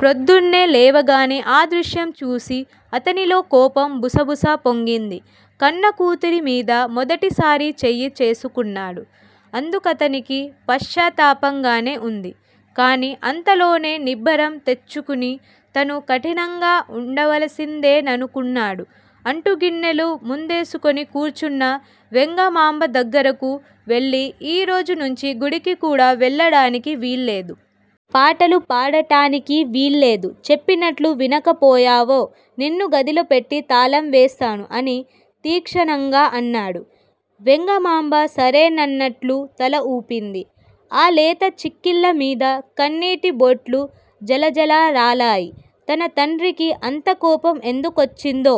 ప్రొద్దున్నే లేవగానే ఆ దృశ్యం చూసి అతనిలో కోపం బుసబుసా పొంగింది. కన్నకూతురి మీద మొదటిసారి చేయి చేసుకున్నాడు! అందుకతనికి పశ్చాత్తాపంగానే ఉంది. కానీ అంతలోనే నిబ్బరం తెచ్చుకుని తను కఠినంగా ఉండవలసిందేననుకున్నాడు. అంటుగిన్నెలు ముందేసుకుని కూర్చున్న వెంగమాంబ దగ్గరకు వెళ్ళి, ఈరోజు నుంచి గుడికి కూడా వెళ్ళడానికి వీల్లేదు. పాటలు పాడటానికి వీల్లేదు. చెప్పినట్లు వినకపోయావో నిన్ను గదిలో పెట్టి తాళం వేస్తాను అని తీక్షణంగా అన్నాడు. వెంగమాంబ సరేనన్నట్లు తల ఊపింది. ఆ లేత చిక్కిళ్లమీద కన్నీటి బొట్లు జలజలరాలాయి. తన తండ్రికి అంతకోపం ఎందుకొచ్చిందో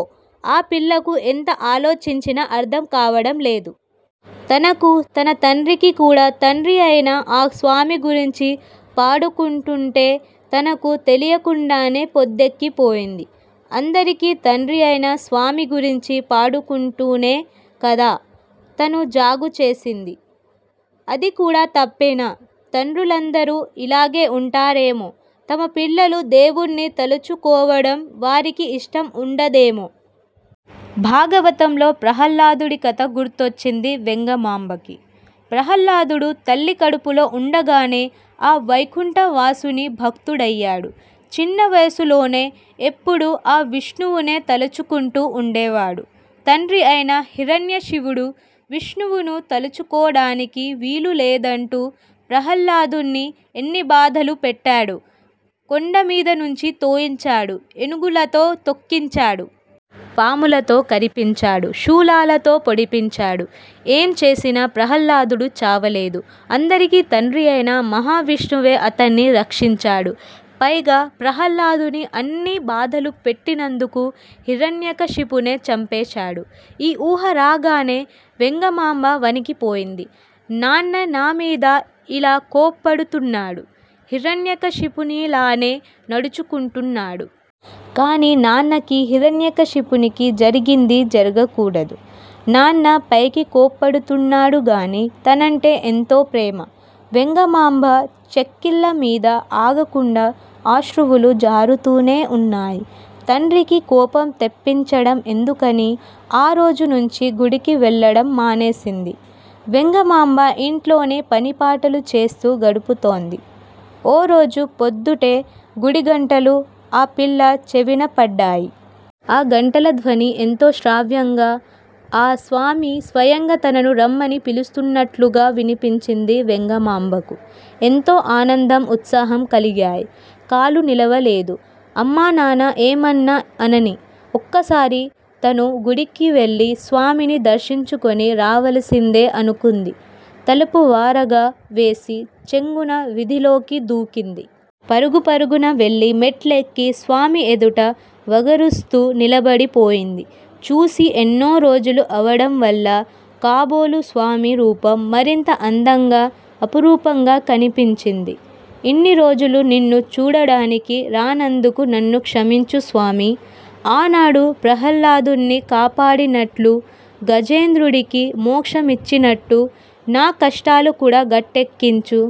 ఆపిల్లకు ఎంత ఆలోచించినా అర్థం కావడం లేదు. తనకూ, తన తండ్రికీ కూడా తండ్రి అయిన ఆ స్వామి గురించి పాడుకుంటుంటే తనకు తెలియకుండానే పొద్దెక్కిపోయింది. అందరికీ తండ్రి అయిన స్వామి గురించి పాడుకుంటూనే కదా, తను జాగు చేసింది! అది కూడా తప్పేనా? తండ్రులందరూ ఇలాగే ఉంటారేమో! తమ పిల్లలు దేవుణ్ణి తలచుకోవడం వారికి ఇష్టం ఉండదేమో! భాగవతంలో ప్రహల్లాదుడి కథ గుర్తొచ్చింది వెంగమాంబకి. ప్రహల్లాదుడు తల్లి కడుపులో ఉండగానే ఆ వైకుంఠవాసుని భక్తుడయ్యాడు. చిన్న వయసులోనే ఎప్పుడూ ఆ విష్ణువునే తలచుకుంటూ ఉండేవాడు. తండ్రి అయిన హిరణ్య శివుడు విష్ణువును తలచుకోడానికి వీలులేదంటూ ప్రహల్లాదుణ్ణి ఎన్ని బాధలు పెట్టాడు! కొండమీదనుంచి తోయించాడు. ఎనుగులతో తొక్కించాడు. పాములతో కరిపించాడు. శూలాలతో పొడిపించాడు. ఏం చేసినా ప్రహల్లాదుడు చావలేదు. అందరికీ తండ్రి అయిన మహావిష్ణువే అతణ్ణి రక్షించాడు. పైగా ప్రహల్లాదుని అన్ని బాధలు పెట్టినందుకు హిరణ్యకశిపునే చంపేశాడు. ఈ ఊహ రాగానే వెంగమాంబ వణికిపోయింది. నాన్న నామీద ఇలా కోప్పడు తున్నాడు. హిరణ్యకశిపునిలానే నడుచుకుంటున్నాడు. కానీ నాన్నకి హిరణ్యకశిపునికి జరిగింది జరగకూడదు. నాన్న పైకి కోప్పడుతున్నాడుగానీ, తనంటే ఎంతో ప్రేమ. వెంగమాంబ చెక్కిళ్ళమీద ఆగకుండా ఆశ్రువులు జారుతూనే ఉన్నాయి. తండ్రికి కోపం తెప్పించడం ఎందుకని ఆరోజునుంచి గుడికి వెళ్ళడం మానేసింది వెంగమాంబ ఇంట్లోనే పనిపాటలు చేస్తూ గడుపుతోంది. ఓరోజు పొద్దుటే గుడి గంటలు ఆ పిల్ల చెవినపడ్డాయి. ఆ గంటలధ్వని ఎంతో శ్రావ్యంగా, ఆ స్వామి స్వయంగా తనను రమ్మని పిలుస్తున్నట్లుగా వినిపించింది వెంగమాంబకు. ఎంతో ఆనందం, ఉత్సాహం కలిగాయి. కాలు నిలవలేదు, అమ్మా, నాన్న ఏమన్నా అననీ, ఒక్కసారి తను గుడికివెళ్ళి స్వామిని దర్శించుకొని రావలసిందే అనుకుంది. తలుపు వారగా వేసి చెంగున విథిలోకి దూకింది. పరుగు పరుగున వెళ్ళి మెట్లెక్కి స్వామి ఎదుట వగరుస్తూ నిలబడి పోయింది. చూసి ఎన్నో రోజులు అవడం వల్ల కాబోలు స్వామి రూపం మరింత అందంగా, అపురూపంగా కనిపించింది. ఇన్ని రోజులూ నిన్ను చూడడానికి రానందుకు నన్ను క్షమించు స్వామీ. ఆనాడు ప్రహల్లాదుణ్ణి కాపాడినట్లు, గజేంద్రుడికి మోక్షమిచ్చినట్టు నా కష్టాలు కూడా గట్టెక్కించు.